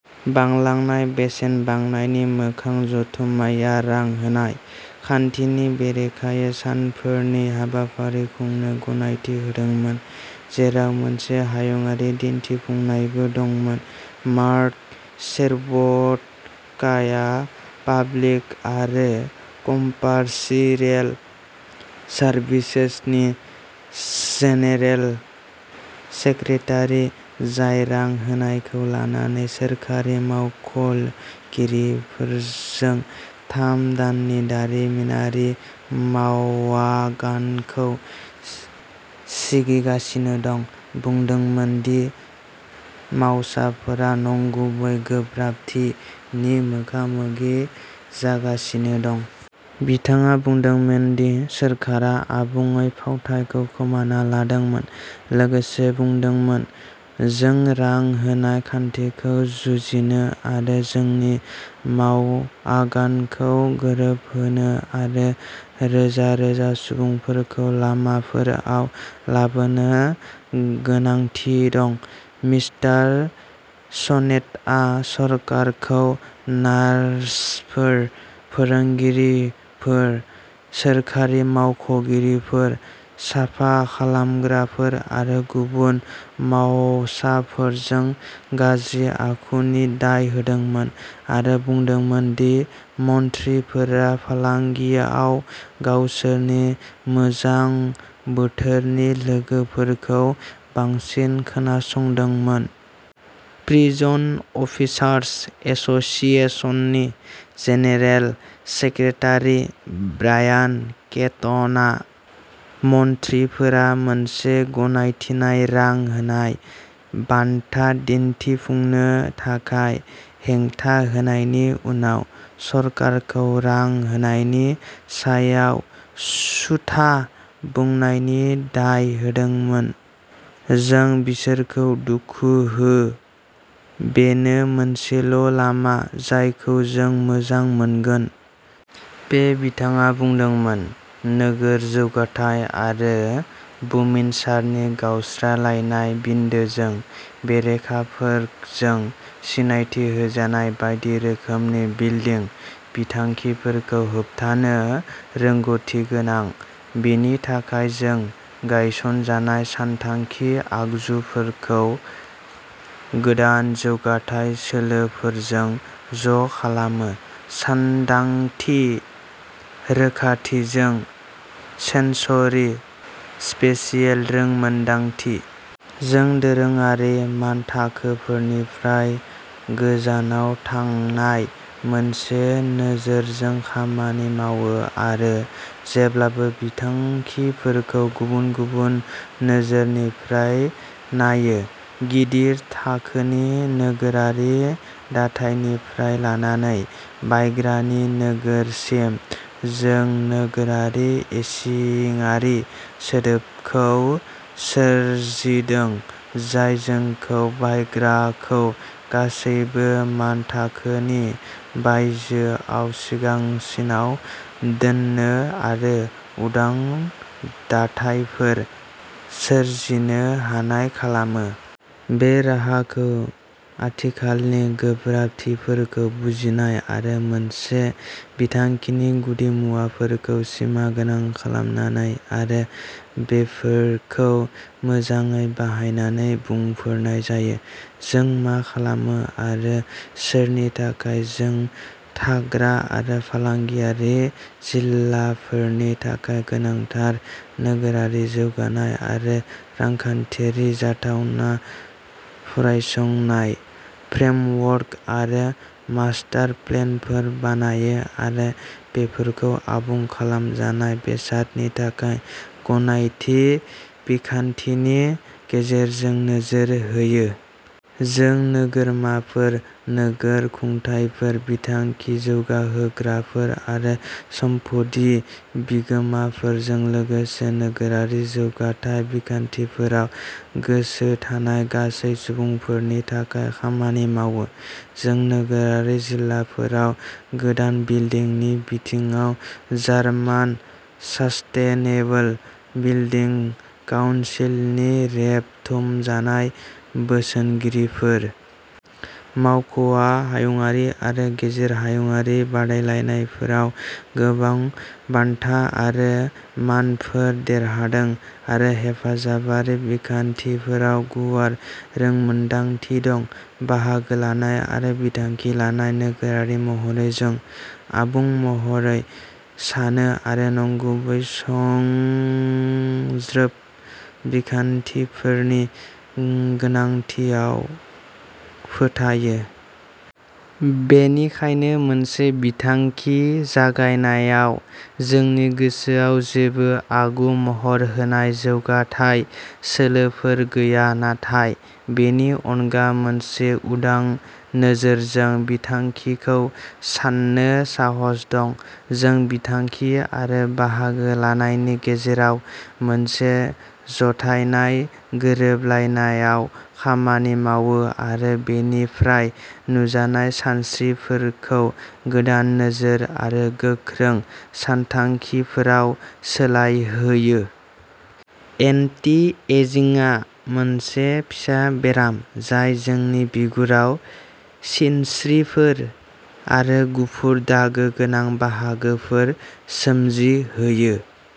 बांलांनाय बेसेन बांनायनि मोखां जथुम्माया रां होनाय खान्थिनि बेरेखायै सानफोरनि हाबाफारि खुंनो गनायथि होदोंमोन, जेराव मोनसे हायुंआरि दिन्थिफुंनायबो दंमोन। मार्क सेरव'टकाया पाब्लिक आरो कमपार्शियेल सार्भिसेसनि जेनेरेल सेक्रेटारि, जाय रां होनायखौ लानानै सोरखारि मावख'गिरिफोरजों थाम दाननि दारिमिनारि मावआगानखौ सिगिगासिनो दं, बुंदोंमोन दि मावसाफोरा "नंगुबै गोब्राबथि" नि मोगा-मोगि जागासिनो दं। बिथाङा बुंदोंमोन दि सोरखारा "आबुङै फावथायखौ खोमाना लादोंमोन", लोगोसे बुंदोंमोन, जों रां होनाय खान्थिखौ जुजिनो आरो जोंनि मावआगानखौ गोरोबहोनो आरो रोजा रोजा सुबुंफोरखौ लामाफोराव लाबोनो गोनांथि दं। मिस्टार सनेटआ सरकारखौ नार्सफोर, फोरोंगिरिफोर, सोरखारि मावख'गिरिफोर, साफा खालामग्राफोर आरो गुबुन मावसाफोरजों गाज्रि आखु नि दाय होदोंमोन आरो बुंदोंमोन दि मन्थ्रिफोरा फालांगियाव गावसोरनि मोजां बोथोरनि लोगोफोरखौ बांसिन खोनासंदोंमोन। प्रिजन अफिसार्स एस'सिएशननि जेनेरेल सेक्रेटारि ब्रायान केटनआ मन्थ्रिफोरा मोनसे गनायथिनाय रां होनाय बान्था दिन्थिफुंनो थाखाय हेंथा होनायनि उनाव सरकारखौ रां होनायनि सायाव "सुथा" बुंनायनि दाय होदोंमोन। जों बिसोरखौ दुखु हो, बेनो मोनसेल' लामा जायखौ जों मोजां मोनगोन। पे बिथाङा बुंदोंमोन, नोगोर जौगाथाय आरो बुमिनसारनि गावस्रालायनाय बिन्दोजों बेरेखाफोरजों सिनायथि होजानाय बायदि रोखोमनि बिल्डिं बिथांखिफोरखौ होबथानो रोंग'थिगोनां। बेनि थाखाय जों गायसनजानाय सानथांखि आगजुफोरखौ गोदान जौगाथाय सोलोफोरजों ज' खालामो, सानदांथि रोखाथिजों सेन्स'रि स्पेसियेल रोंमोनदांथि। जों दोरोङारि मानथाखोफोरनिफ्राय गोजानाव थांनाय मोनसे नोजोरजों खामानि मावो आरो जेब्लाबो बिथांखिफोरखौ गुबुन गुबुन नोजोरनिफ्राय नायो। गिदिर थाखोनि नोगोरारि दाथायनिफ्राय लानानै बायग्रानि नोजोरसिम। जों नोगोरारि इसिङारि सोदोबखौ सोरजिदों जाय जोंखौ बायग्राखौ गासैबो मानथाखोनि बायजोआव सिगांसिनाव दोननो आरो उदां दाथायफोर सोरजिनो हानाय खालामो। बे राहाखौ आथिखालनि गोब्राबथिफोरखौ बुजिनाय आरो मोनसे बिथांखिनि गुदिमुवाफोरखौ सिमागोनां खालामनानै आरो बेफोरखौ मोजांयै बाहायनानै बुंफोरनाय जायो। जों मा खालामो आरो सोरनि थाखाय? जों थाग्रा आरो फालांगियारि जिल्लाफोरनि थाखाय गोनांथार नोगोरारि जौगानाय आरो रांखान्थियारि जाथावना फरायसंनाय, फ्रेमवर्क आरो मास्टार प्लेनफोर बानायो आरो बेफोरखौ आबुं खालामजानाय बेसादनि थाखाय गनायथि बिखान्थिनि गेजेरजों नोजोर होयो। जों नोगोरमाफोर, नोगोर खुंथायफोर, बिथांखि जौगाहोग्राफोर आरो सम्पथि बिगोमाफोरजों लोगोसे नोगोरारि जौगाथाय बिखान्थिफोराव गोसो थानाय गासै सुबुंफोरनि थाखाय खामानि मावो। जों नोगोरारि जिल्लाफोराव गोदान बिल्डिं नि बिथिङाव जार्मान सासटेनेबल बिल्डिं काउन्सिल नि रेबथुमजानाय बोसोनगिरिफोर। मावख'आ हायुंआरि आरो गेजेर हायुंआरि बादायलायनायफोराव गोबां बान्था आरो मानफोर देरहादों आरो हेफाजाबारि बिखान्थिफोराव गुवार रोंमोनदांथि दं। बाहागो लानाय आरो बिथांखि लानाय नोगोरारि महरै जों आबुं महरै सानो आरो नंगुबै सुंज्रोब बिखान्थिफोरनि गोनांथियाव फोथायो। बेनिखायनो मोनसे बिथांखि जागायनायाव जोंनि गोसोआव जेबो आगु-महर होनाय जौगाथाय सोलोफोर गैया नाथाय बेनि अनगा मोनसे उदां नोजोरजों बिथांखिखौ सान्नो साहस दं। जों बिथांखि आरो बाहागो लानायनि गेजेराव मोनसे जथायनाय गोरोबलायनायआव खामानि मावो आरो बेनिफ्राय नुजानाय सानस्रिफोरखौ गोदान नोजोर आरो गोख्रों सानथांखिफोराव सोलायहोयो। एन्टि एजिंगआ मोनसे फिसा बेराम जाय जोंनि बिगुराव सिनस्रिफोर आरो गुफुर दागो गोनां बाहागोफोर सोमजिहोयो।